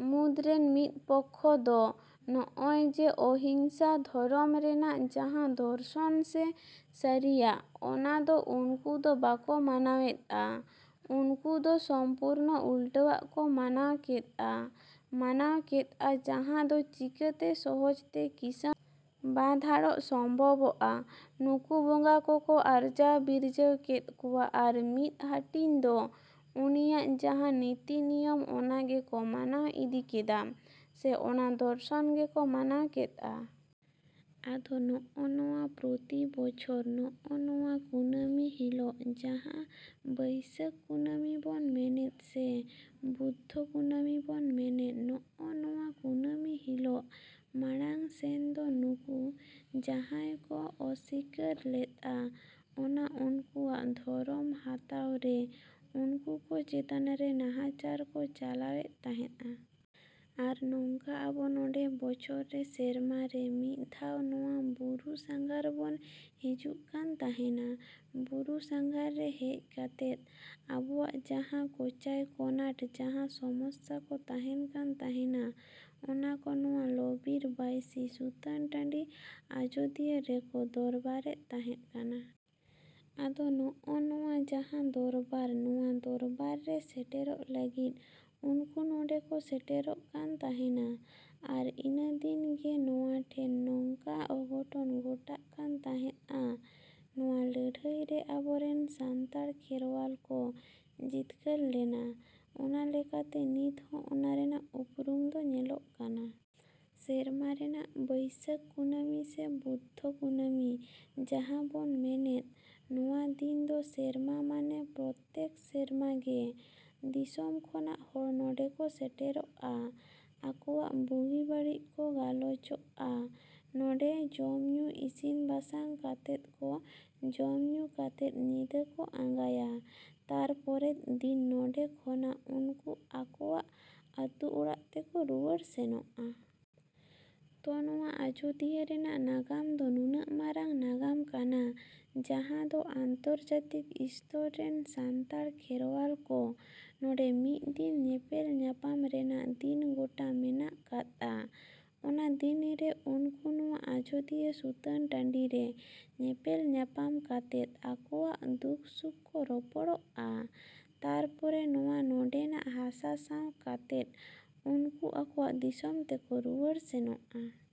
ᱢᱩᱫᱽᱨᱮᱱ ᱢᱤᱫ ᱯᱚᱠᱷᱚ ᱫᱚ ᱱᱚᱜᱼᱚᱭᱡᱮ ᱚᱦᱤᱝᱥᱟ ᱫᱷᱚᱨᱚᱢ ᱨᱮᱱᱟᱜ ᱡᱟᱦᱟᱸ ᱫᱚᱨᱥᱚᱱ ᱥᱮ ᱥᱟᱹᱨᱤᱭᱟᱜ ᱚᱱᱟ ᱫᱚ ᱩᱱᱠᱩ ᱫᱚ ᱵᱟᱠᱚ ᱢᱟᱱᱟᱣᱮᱫᱼᱟ᱾ ᱩᱱᱠᱩ ᱫᱚ ᱥᱚᱢᱯᱩᱨᱱᱚ ᱩᱞᱴᱟᱹᱣᱟᱜ ᱠᱚ ᱢᱟᱱᱟᱣ ᱠᱮᱫᱼᱟ, ᱢᱟᱱᱟᱣ ᱠᱮᱫᱼᱟ ᱡᱟᱦᱟᱸ ᱫᱚ ᱪᱤᱠᱟᱹᱛᱮ ᱥᱚᱦᱚᱡᱽ ᱛᱮ ᱠᱤᱸᱥᱟᱹᱬ ᱵᱟᱸᱫᱷᱟᱲᱚᱜ ᱥᱚᱢᱵᱷᱚᱵᱚᱜᱼᱟ ᱱᱩᱠᱩ ᱵᱚᱸᱜᱟ ᱠᱚᱠᱚ ᱟᱨᱡᱟᱣ ᱵᱤᱨᱡᱟᱹᱣ ᱠᱮᱫ ᱠᱚᱣᱟ ᱟᱨ ᱢᱤᱫ ᱦᱟᱹᱴᱤᱧ ᱫᱚ ᱩᱱᱤᱭᱟᱜ ᱡᱟᱦᱟᱸ ᱱᱤᱛᱤ ᱱᱤᱭᱚᱢ ᱚᱱᱟᱜᱮᱠᱚ ᱢᱟᱱᱟᱣ ᱤᱫᱤ ᱠᱮᱫᱟ ᱥᱮ ᱚᱱᱟ ᱫᱚᱨᱥᱚᱱ ᱜᱮᱠᱚ ᱢᱟᱱᱟᱣ ᱠᱮᱫᱼᱟ᱾ ᱟᱫᱚ ᱱᱚᱜᱼᱚ ᱱᱚᱣᱟ ᱯᱨᱚᱛᱤ ᱵᱚᱪᱷᱚᱨ ᱱᱚᱜᱼᱚ ᱱᱚᱣᱟ ᱠᱩᱱᱟᱹᱢᱤ ᱦᱤᱞᱳᱜ ᱡᱟᱦᱟᱸ ᱵᱟᱹᱭᱥᱟᱹᱠᱷ ᱠᱩᱱᱟᱹᱢᱤ ᱵᱚᱱ ᱢᱮᱱᱮᱫ ᱥᱮ ᱵᱩᱫᱽᱫᱷᱚ ᱠᱩᱱᱟᱹᱢᱤ ᱵᱚᱱ ᱢᱮᱱᱮᱫ ᱱᱚᱜᱼᱚ ᱱᱚᱣᱟ ᱠᱩᱱᱟᱹᱢᱤ ᱦᱤᱞᱳᱜ ᱢᱟᱲᱟᱝ ᱥᱮᱱ ᱫᱚ ᱱᱩᱠᱩ ᱡᱟᱦᱟᱸᱭ ᱠᱚ ᱚᱥᱥᱤᱠᱟᱹᱨ ᱞᱮᱫᱼᱟ ᱚᱱᱟ ᱩᱱᱠᱩᱣᱟᱜ ᱫᱷᱚᱨᱚᱢ ᱦᱟᱛᱟᱣᱨᱮ ᱩᱱᱠᱩ ᱠᱚ ᱪᱮᱛᱟᱱ ᱨᱮ ᱱᱟᱦᱟᱪᱟᱨ ᱠᱚ ᱪᱟᱞᱟᱣᱮᱫ ᱛᱟᱦᱮᱸᱫᱼᱟ᱾ ᱟᱨ ᱱᱚᱝᱠᱟ ᱟᱵᱚ ᱱᱚᱰᱮ ᱵᱚᱪᱷᱚᱨ ᱨᱮ ᱥᱮᱨᱢᱟ ᱨᱮ ᱢᱤᱫ ᱫᱷᱟᱣ ᱱᱚᱣᱟ ᱵᱩᱨᱩ ᱥᱟᱸᱜᱷᱟᱨ ᱵᱚᱱ ᱦᱤᱡᱩᱜ ᱠᱟᱱ ᱛᱟᱦᱮᱱᱟ᱾ ᱵᱩᱨᱩ ᱥᱟᱸᱜᱷᱟᱨ ᱨᱮ ᱦᱮᱡ ᱠᱟᱛᱮᱫ ᱟᱵᱚᱣᱟᱜ ᱡᱟᱦᱟᱸ ᱠᱚᱪᱟᱭ ᱠᱚᱱᱟᱴ ᱡᱟᱦᱟᱸ ᱥᱚᱢᱚᱥᱥᱟ ᱠᱚ ᱛᱟᱦᱮᱱ ᱠᱟᱱ ᱛᱟᱦᱮᱱᱟ ᱚᱱᱟ ᱠᱚ ᱱᱚᱣᱟ ᱞᱚᱼᱵᱤᱨ ᱵᱟᱹᱭᱥᱤ ᱥᱩᱛᱟᱹᱱ ᱴᱟᱺᱰᱤ ᱟᱡᱚᱫᱤᱭᱟᱹ ᱨᱮᱠᱚ ᱫᱚᱨᱵᱟᱨᱮᱫ ᱛᱟᱦᱮᱸᱫ ᱠᱟᱱᱟ᱾ ᱟᱫᱚ ᱱᱚᱜᱼᱚ ᱱᱚᱣᱟ ᱡᱟᱦᱟᱸ ᱫᱚᱨᱵᱟᱨ ᱱᱚᱣᱟ ᱫᱚᱨᱵᱟᱨ ᱨᱮ ᱥᱮᱴᱮᱨᱚᱜ ᱞᱟᱹᱜᱤᱫ ᱩᱱᱠᱩ ᱱᱚᱰᱮᱠᱚ ᱥᱮᱴᱮᱨᱚᱜ ᱠᱟᱱ ᱛᱟᱦᱮᱸᱱᱟ ᱟᱨ ᱤᱱᱟᱹᱫᱤᱱ ᱜᱮ ᱱᱚᱣᱟᱴᱷᱮᱱ ᱱᱚᱝᱠᱟ ᱚᱜᱷᱚᱴᱚᱱ ᱜᱷᱚᱴᱟᱜ ᱠᱟᱱ ᱛᱟᱦᱮᱸᱫᱼᱟ᱾ ᱱᱚᱣᱟ ᱞᱟᱹᱲᱦᱟᱹᱭᱨᱮ ᱟᱵᱚᱨᱮᱱ ᱥᱟᱱᱛᱟᱲ ᱠᱷᱮᱨᱣᱟᱞ ᱠᱚ ᱡᱤᱛᱠᱟᱹᱨ ᱞᱮᱱᱟ᱾ ᱚᱱᱟ ᱞᱮᱠᱟᱛᱮ ᱱᱤᱛ ᱦᱚᱸ ᱚᱱᱟᱨᱮᱱᱟᱜ ᱩᱯᱨᱩᱢ ᱫᱚ ᱧᱮᱞᱚᱜ ᱠᱟᱱᱟ᱾ ᱥᱮᱨᱢᱟ ᱨᱮᱱᱟᱜ ᱵᱟᱹᱭᱥᱟᱹᱠᱷ ᱠᱩᱱᱟᱹᱢᱤ ᱥᱮ ᱵᱩᱫᱽᱫᱷᱚ ᱠᱩᱱᱟᱹᱢᱤ ᱡᱟᱦᱟᱸ ᱵᱚᱱ ᱢᱮᱱᱮᱫ ᱱᱚᱣᱟ ᱫᱤᱱ ᱫᱚ ᱥᱮᱨᱢᱟ ᱢᱟᱱᱮ ᱯᱨᱚᱛᱛᱮᱠ ᱥᱮᱨᱢᱟᱜᱮ ᱫᱤᱥᱚᱢ ᱠᱷᱚᱱᱟᱜ ᱦᱚᱲ ᱱᱚᱰᱮᱠᱚ ᱥᱮᱴᱮᱨᱚᱜᱼᱟ᱾ ᱟᱠᱚᱣᱟᱜ ᱵᱩᱜᱤ ᱵᱟᱹᱲᱤᱡ ᱠᱚ ᱜᱟᱞᱚᱪᱚᱜᱼᱟ᱾ ᱱᱚᱰᱮ ᱡᱚᱢᱼᱧᱩ ᱤᱥᱤᱱ ᱵᱟᱥᱟᱝ ᱠᱟᱛᱮᱫ ᱠᱚ ᱡᱚᱢᱼᱧᱩ ᱠᱟᱛᱮᱫ ᱧᱤᱫᱟᱹ ᱠᱚ ᱟᱸᱜᱟᱭᱟ ᱛᱟᱨᱯᱚᱨᱮᱫ ᱫᱤᱱ ᱱᱚᱰᱮ ᱠᱷᱚᱱᱟᱜ ᱩᱱᱠᱩ ᱟᱠᱚᱣᱟᱜ ᱟᱹᱛᱩ ᱚᱲᱟᱜ ᱛᱮᱠᱚ ᱨᱩᱣᱟᱹᱲ ᱥᱮᱱᱚᱜᱼᱟ᱾ ᱛᱚ ᱱᱚᱣᱟ ᱟᱡᱚᱫᱤᱭᱟᱹ ᱨᱮᱱᱟᱜ ᱱᱟᱜᱟᱢ ᱫᱚ ᱱᱩᱱᱟᱹᱜ ᱢᱟᱨᱟᱝ ᱱᱟᱜᱟᱢ ᱠᱟᱱᱟ ᱡᱟᱦᱟᱸ ᱫᱚ ᱟᱱᱛᱚᱨᱡᱟᱛᱤᱠ ᱥᱛᱚᱨ ᱨᱮᱱ ᱥᱟᱱᱛᱟᱲ ᱠᱷᱮᱨᱣᱟᱞ ᱠᱚ ᱱᱚᱰᱮ ᱢᱤᱫ ᱫᱤᱱ ᱧᱮᱯᱮᱞ ᱧᱟᱯᱟᱢ ᱨᱮᱱᱟᱜ ᱫᱤᱱ ᱜᱚᱴᱟ ᱢᱮᱱᱟᱜ ᱠᱟᱫᱼᱟ᱾ ᱚᱱᱟ ᱫᱤᱱᱨᱮ ᱩᱱᱠᱩ ᱱᱚᱣᱟ ᱟᱡᱚᱫᱤᱭᱟᱹ ᱥᱩᱛᱟᱹᱱ ᱴᱟᱺᱰᱤᱨᱮ ᱧᱮᱯᱮᱞ ᱧᱟᱯᱟᱢ ᱠᱟᱛᱮᱫ ᱟᱠᱚᱣᱟᱜ ᱫᱩᱠ ᱥᱩᱠ ᱠᱚ ᱨᱚᱯᱚᱲᱚᱜᱼᱟ ᱛᱟᱨᱯᱚᱨᱮ ᱱᱚᱣᱟ ᱱᱚᱰᱮᱱᱟᱜ ᱦᱟᱥᱟ ᱥᱟᱶ ᱠᱟᱛᱮᱫ ᱩᱱᱠᱩ ᱟᱠᱚᱣᱟᱜ ᱫᱤᱥᱚᱢ ᱛᱮᱠᱚ ᱨᱩᱣᱟᱹᱲ ᱥᱮᱱᱚᱜᱼᱟ᱾।